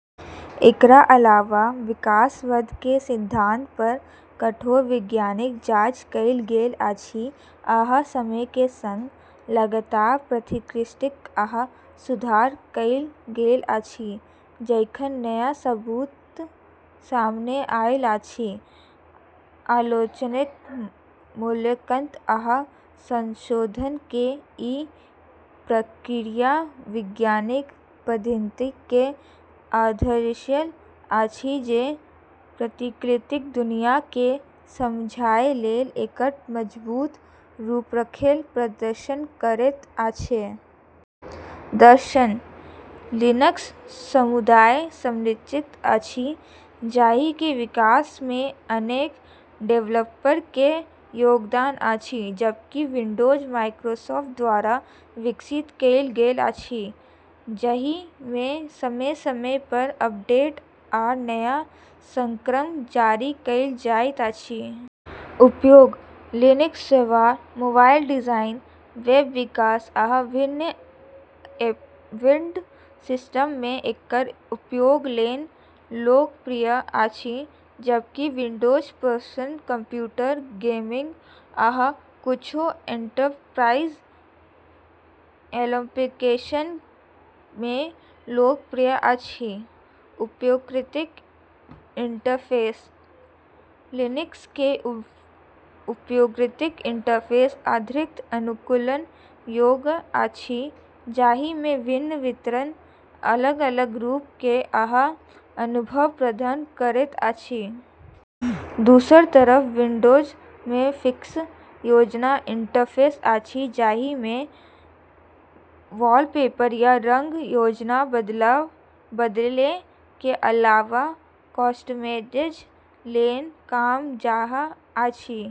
एकरा अलावे विकासवाद के सिद्धांत पर कठोर वैज्ञानिक जांच कएल गेल अछि आ समय के संग लगातार परिष्कृत आ सुधार कएल गेल अछि, जखन नया सबूत सामने आएल अछि। आलोचनात्मक मूल्यांकन आ संशोधन के ई प्रक्रिया वैज्ञानिक पद्धति के आधारशिला अछि, जे प्राकृतिक दुनिया के समझय लेल एकटा मजबूत रूपरेखा प्रदान करैत अछि। दर्शन: लिनक्स समुदाय संचालित अछि, जाहि के विकास मे अनेक डेवलपर के योगदान अछि, जबकि विंडोज माइक्रोसॉफ्ट द्वारा विकसित कएल गेल अछि, जाहि मे समय-समय पर अपडेट आ नया संस्करण जारी कएल जाएत अछि। उपयोग: Linux server, mobile device, web विकास, आ विभिन्न एम्बेड सिस्टम मे एकर उपयोग लेल लोकप्रिय अछि, जबकि विंडोज पर्सनल कंप्यूटर, गेमिंग, आ किछु एंटरप्राइज एप्लीकेशन मे लोकप्रिय अछि। उपयोगकर्ता इंटरफेस: लिनक्स के उपयोगकर्ता इंटरफेस अत्यधिक अनुकूलन योग्य अछि, जाहि मे विभिन्न वितरण अलग-अलग रूप आ अनुभव प्रदान करैत अछि। दोसर तरफ विंडोज मे फिक्स यूजर इंटरफेस अछि, जाहि मे वॉलपेपर या रंग योजना बदलय के अलावे कस्टमाइजेशन लेल कम जगह अछि।